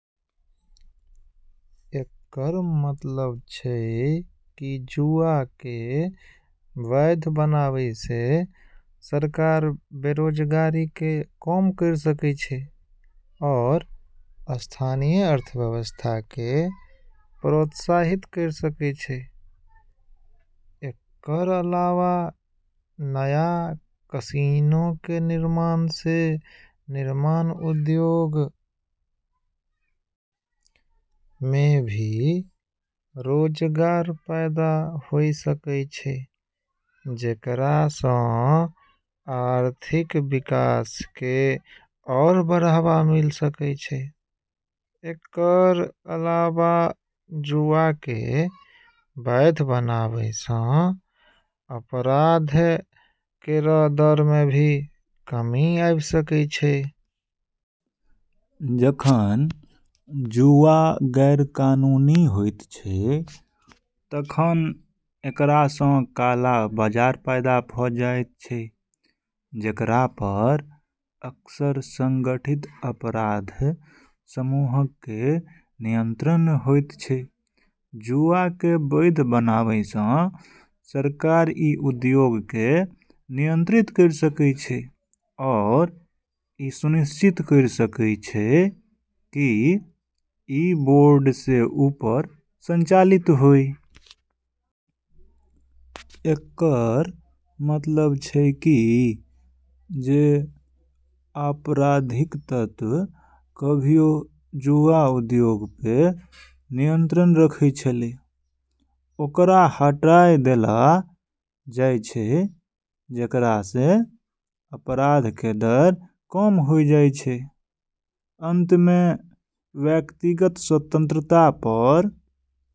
एकरऽ मतलब छै कि जुआ के वैध बनाबै से सरकार बेरोजगारी के कम करी सकै छै आरू स्थानीय अर्थव्यवस्था के प्रोत्साहित करी सकै छै, एकरऽ अलावा नया कैसिनो के निर्माण से निर्माण उद्योग मे भी रोजगार पैदा होय सकै छै जेकरा से आर्थिक विकास के आरू बढ़ावा मिले सकै छै, एकरऽ अलावा जुआ के वैध बनाबै से अपराध केरऽ दर मे भी कमी आबी सकै छै जखन जुआ गैरकानूनी होयत छै तखन एकरा सं काला बाजार पैदा भ जायत छै जेकरा पर अक्सर संगठित अपराध समूहक कें नियंत्रण होयत छै, जुआ के वैध बनाबै से सरकार ई उद्योग के नियंत्रित करी सकै छै आरू ई सुनिश्चित करी सकै छै कि ई बोर्ड से ऊपर संचालित होय। एकरऽ मतलब छै कि जे आपराधिक तत्व कभियो जुआ उद्योग पे नियंत्रण रखै छेलै ओकरा हटाय देलऽ जाय छै जेकरा से अपराध के दर कम होय जाय छै। अंत मे व्यक्तिगत स्वतंत्रता पर